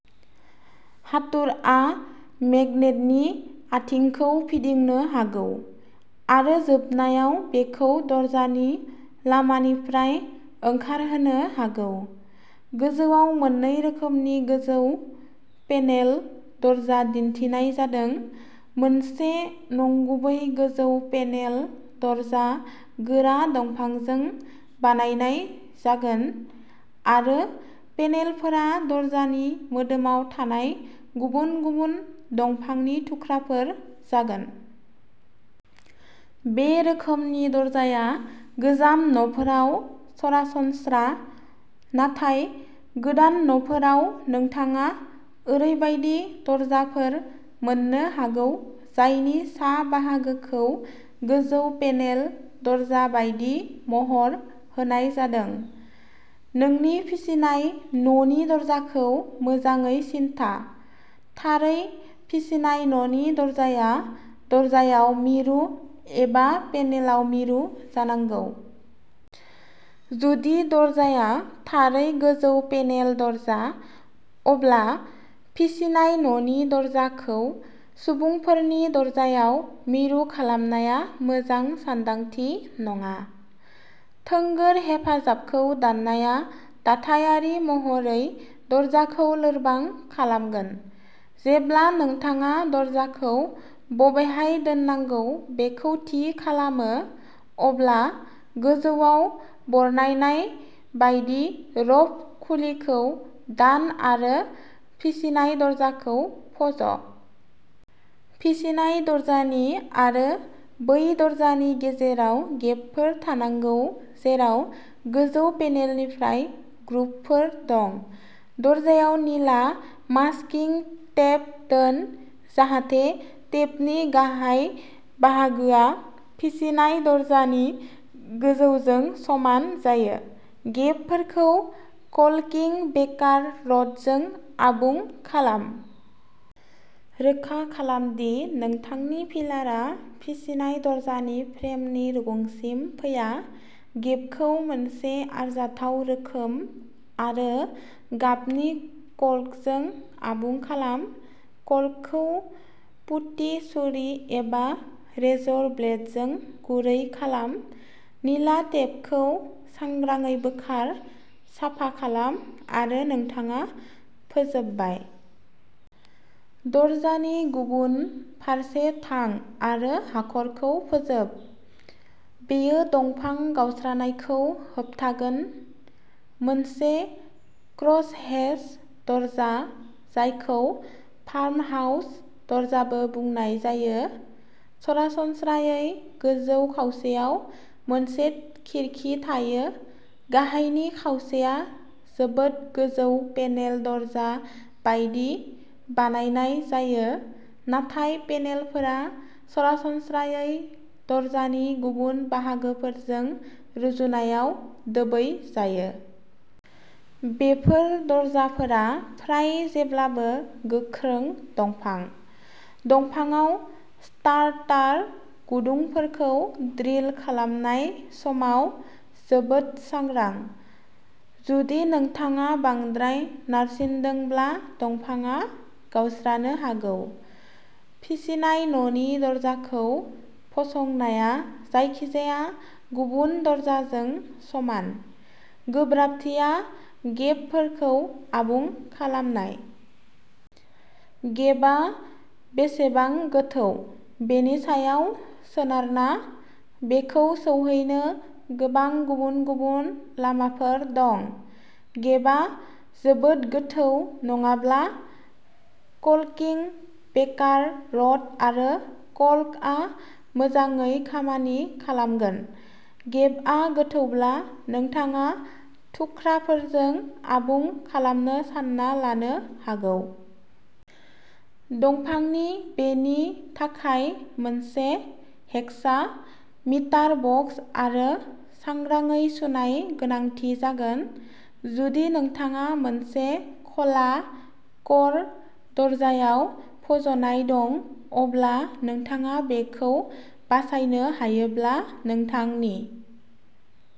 हाथुरआ मेगनेटनि आथिंखौ फिदिंनो हागौ आरो जोबनायाव बेखौ दरजानि लामानिफ्राय ओंखारहोनो हागौ। गोजौआव मोननै रोखोमनि गोजौ पेनेल दरजा दिन्थिनाय जादों। मोनसे नंगुबै गोजौ पेनेल दरजा गोरा दंफांजों बानायनाय जागोन, आरो पेनेलफोरा दरजानि मोदोमाव थानाय गुबुन गुबुन दंफांनि थुख्राफोर जागोन। बे रोखोमनि दरजाया गोजाम न'फोराव सरासनस्रा, नाथाय गोदान न'फोराव नोंथाङा ओरैबायदि दरजाफोर मोन्नो हागौ जायनि सा बाहागोखौ गोजौ पेनेल दरजा बायदि महर होनाय जादों। नोंनि फिसिनाय न'नि दरजाखौ मोजाङै सिनथा। थारै, फिसिनाय न'नि दरजाया दरजायाव मिरु एबा पेनेलाव मिरु जानांगौ। जुदि दरजाया थारै गोजौ पेनेल दरजा, अब्ला फिसिनाय न'नि दरजाखौ सुबुंफोरनि दरजायाव मिरु खालामनाया मोजां सानदांथि नङा। थोंगोर हेफाजाबखौ दाननाया दाथायारि महरै दरजाखौ लोरबां खालामगोन। जेब्ला नोंथाङा दरजाखौ बबेहाय दोननांगौ बेखौ थि खालामो, अब्ला गोजौवाव बरनायनाय बायदि र'फ खुलिखौ दान आरो फिसिनाय दरजाखौ फज'। फिसिनाय दरजानि आरो बै दरजानि गेजेराव गेबफोर थानांगौ जेराव गोजौ पेनेलनिफ्राय ग्रुभफोर दं। दरजायाव निला मास्किंग टेप दोन जाहाथे टेपनि गाहाय बाहागोआ फिसिनाय दरजानि गोजौजों समान जायो। गेबफोरखौ कल्किं बेकार रड जों आबुं खालाम। रोखा खालाम दि नोंथांनि फिलारआ फिसिनाय दरजानि फ्रेमनि रुगुंसिम फैया। गेबखौ मोनसे आरजाथाव रोखोम आरो गाबनि कल्कजों आबुं खालाम। कल्कखौ पुटी छुरी एबा रेजर ब्लेडजों गुरै खालाम। निला टेपखौ सांग्राङै बोखार। साफा खालाम आरो नोंथाङा फोजोबबाय। । दरजानि गुबुन फारसे थां आरो हाखरखौ फोजोब। बेयो दंफां गावस्रानायखौ होबथागोन। मोनसे क्रसहेच दरजा, जायखौ फार्महाउस दरजाबो बुंनाय जायो, सरासनस्रायै गोजौ खावसेयाव मोनसे खिरखि थायो। गाहायनि खावसेया जोबोद गोजौ पेनेल दरजा बायदि बानायनाय जायो, नाथाय पेनेलफोरा सरासनस्रायै दरजानि गुबुन बाहागोफोरजों रुजुनायाव दोबै जायो। बेफोर दरजाफोरा फ्राय जेब्लाबो गोख्रों दंफां। दंफांआव स्टार्टार गुदुंफोरखौ ड्रिल खालामनाय समाव जोबोद सांग्रा। जुदि नोंथाङा बांद्राय नारसिनदोंब्ला दंफांआ गावस्रानो हागौ। फिसिनाय न'नि दरजाखौ फसंनाया जायखिजाया गुबुन दरजाजों समान। गोब्राबथिया गेबफोरखौ आबुं खालामनाय। गेबआ बेसेबां गोथौ, बेनि सायाव सोनारना, बेखौ सौहैनो गोबां गुबुन-गुबुन लामाफोर दं। गेबआ जोबोद गोथौ नङाब्ला, कल्किं बेकार रड आरो कल्कआ मोजाङै खामानि खालामगोन। गेबआ गोथौब्ला नोंथाङा थुख्राफोरजों आबुं खालामनो सानना लानो हागौ। दंफांनि बेनि थाखाय मोनसे हेकसा, मिटार बक्स आरो सांग्राङै सुनाय गोनांथि जागोन। जुदि नोंथाङा मोनसे ख'ला क'र दरजायाव फज'नाय दं, अब्ला नोंथाङा बेखौ बासायनो हायोब्ला नोंथांनि